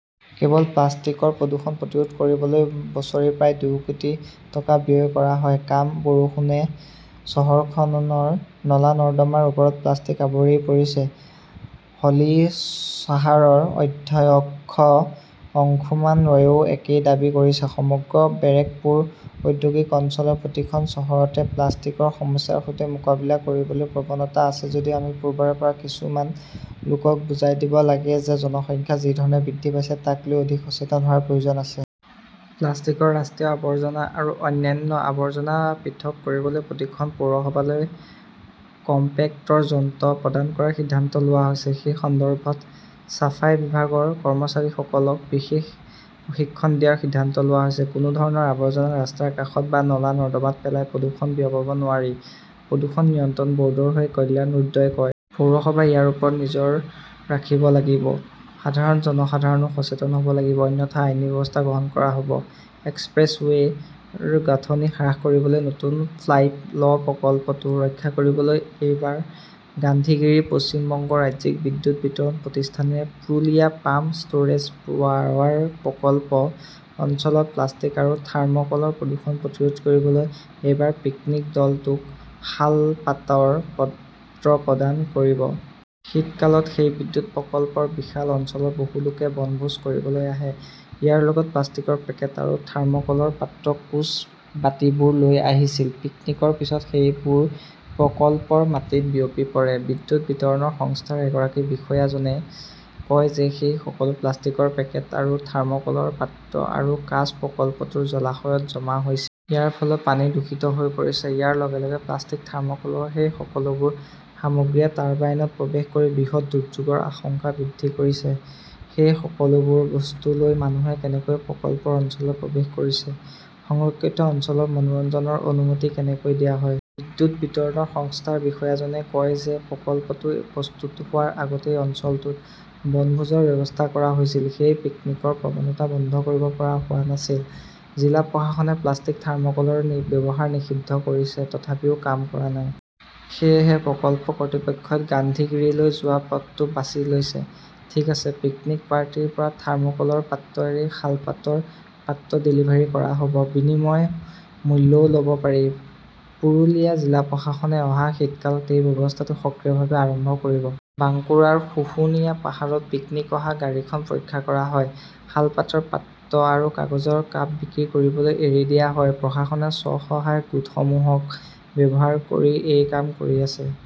কেৱল প্লাষ্টিকৰ প্ৰদূষণ প্ৰতিৰোধ কৰিবলৈ বছৰি প্ৰায় দুই কোটি টকা ব্যয় কৰা হয়। কম বৰষুণে চহৰখনৰ নলা-নৰ্দমাৰ ওপৰত প্লাষ্টিক আৱৰি পৰিছে। হালিশহাৰৰ অধ্যক্ষ অংশুমান ৰয়েও একেই দাবী কৰিছে। সমগ্ৰ বেৰাকপুৰ ঔদ্যোগিক অঞ্চলৰ প্ৰতিখন চহৰতে প্লাষ্টিকৰ সমস্যাৰ সৈতে মোকাবিলা কৰিবলৈ প্ৰৱণতা আছে যদিও আমি পূৰ্বৰে পৰা কিছুমান লোকক বুজাই দিব লাগে যে, জনসংখ্যা যি ধৰণে বৃদ্ধি পাইছে তাক লৈ অধিক সচেতন হোৱাৰ প্ৰয়োজন আছে। প্লাষ্টিকৰ ৰাষ্ট্ৰীয় আৱৰ্জনা আৰু অন্যান্য আৱৰ্জনা পৃথক কৰিবলৈ প্ৰতিখন পৌৰসভালৈ কম্পেক্টৰ যন্ত্ৰ প্ৰদান কৰাৰ সিদ্ধান্ত লোৱা হৈছে। সেই সন্দৰ্ভত ছাফাই বিভাগৰ কৰ্মচাৰীসকলক বিশেষ প্ৰশিক্ষণ দিয়াৰ সিদ্ধান্ত লোৱা হৈছে। কোনো ধৰণৰ আৱৰ্জনা ৰাস্তাৰ কাষত বা নলা-নৰ্দমাত পেলাই প্ৰদূষণ বিয়পাব নোৱাৰি, প্ৰদূষণ নিয়ন্ত্ৰণ বৰ্ডৰ হৈ কল্যাণ ৰুদ্ৰই কয়। পৌৰসভাই ইয়াৰ ওপৰত নজৰ ৰাখিব লাগিব। সাধাৰণ জনসাধাৰণো সচেতন হব লাগিব। অন্যথা আইনী ব্যৱস্থা গ্ৰহণ কৰা হব। এক্সপ্ৰেছৱে 'ৰ গাঁথনি হ্ৰাস কৰিবলৈ নতুন ফ্লাইপ' ল প্ৰকল্পটো ৰক্ষা কৰিবলৈ এইবাৰ গান্ধীগিৰি পশ্চিম বংগ ৰাজ্যিক বিদ্যুৎ বিতৰণ প্ৰতিষ্ঠানে প্ৰুলিয়া পাম্প ষ্টোৰেজ পাৱাৰ প্ৰকল্প অঞ্চলত প্লাষ্টিক আৰু থাৰ্ম কলৰ প্ৰদূষণ প্ৰতিৰোধ কৰিবলৈ এইবাৰ পিকনিক দলটোক শালপাতৰ পাত্ৰ প্ৰদান কৰিব। শীতকালত সেই বিদ্যুৎ প্ৰকল্পৰ বিশাল অঞ্চলত বহু লোকে বনভোজ কৰিবলৈ আহে। ইয়াৰ লগত প্লাষ্টিকৰ পেকেট আৰু থাৰ্ম কলৰ পাত্ৰ-কাঁচ, বাটিবোৰ লৈ আহিছিল। পিকনিকৰ পিছত সেইবোৰ প্ৰকল্পৰ মাটিত বিয়পি পৰে। বিদ্যুৎ বিতৰণ সংস্থাৰ এগৰাকী বিষয়াজনে কয় যে সেই সকলো প্লাষ্টিকৰ পেকেট আৰু থাৰ্ম কলৰ পাত্ৰ আৰু কাঁচ প্ৰকল্পটোৰ জলাশয়ত জমা হৈছিল। ইয়াৰ ফলত পানী দূষিত হৈ পৰিছে। ইয়াৰ লগে লগে প্লাষ্টিক থাৰ্মকলৰ সেই সকলোবোৰ সামগ্ৰীয়ে টাৰ্বাইনত প্ৰৱেশ কৰি বৃহৎ দুৰ্যোগৰ আশংকা বৃদ্ধি কৰিছে। সেই সকলোবোৰ বস্তু লৈ মানুহে কেনেকৈ প্ৰকল্পৰ অঞ্চলত প্ৰৱেশ কৰিছে? সংৰক্ষিত অঞ্চলত মনোৰঞ্জনৰ অনুমতি কেনেকৈ দিয়া হয়? বিদ্যুৎ বিতৰণ সংস্থাৰ বিষয়াজনে কয় যে, প্ৰকল্পটো প্ৰস্তুত হোৱাৰ আগতেই অঞ্চলটোত বনভোজৰ ব্যৱস্থা কৰা হৈছিল। সেই পিকনিকৰ প্ৰৱণতা বন্ধ কৰিব পৰা হোৱা নাছিল। জিলা প্ৰশাসনে প্লাষ্টিক, থাৰ্মকলৰ ব্যৱহাৰ নিষিদ্ধ কৰিছে। তথাপিও কাম কৰা নাই। সেয়েহে প্ৰকল্প কৰ্তৃপক্ষই গান্ধীগিৰীলৈ যোৱা পথটো বাছি লৈছে। ঠিক আছে, পিকনিক পাৰ্টিৰ পৰা থাৰ্মোকলৰ পাত্ৰ এৰি শালপাতৰ পাত্ৰ ডেলিভাৰী কৰা হ 'ব। বিনিময় মূল্যও লব পাৰি। পুৰুলিয়া জিলা প্ৰশাসনে অহা শীতকালত এই ব্যৱস্থাটো সক্ৰিয়ভাৱে আৰম্ভ কৰিব। বাঙ্কুৰাৰ শুশুনিয়া পাহাৰত পিকনীক অহা গাড়ীখন পৰীক্ষা কৰা হয়। শালপাতৰ পাত্ৰ আৰু কাগজৰ কাপ বিক্ৰী কৰিবলৈ এৰি দিয়া হয়। প্ৰশাসনে স্ব-সহায়ক গোটসমূহক ব্যৱহাৰ কৰি এই কাম কৰি আছে।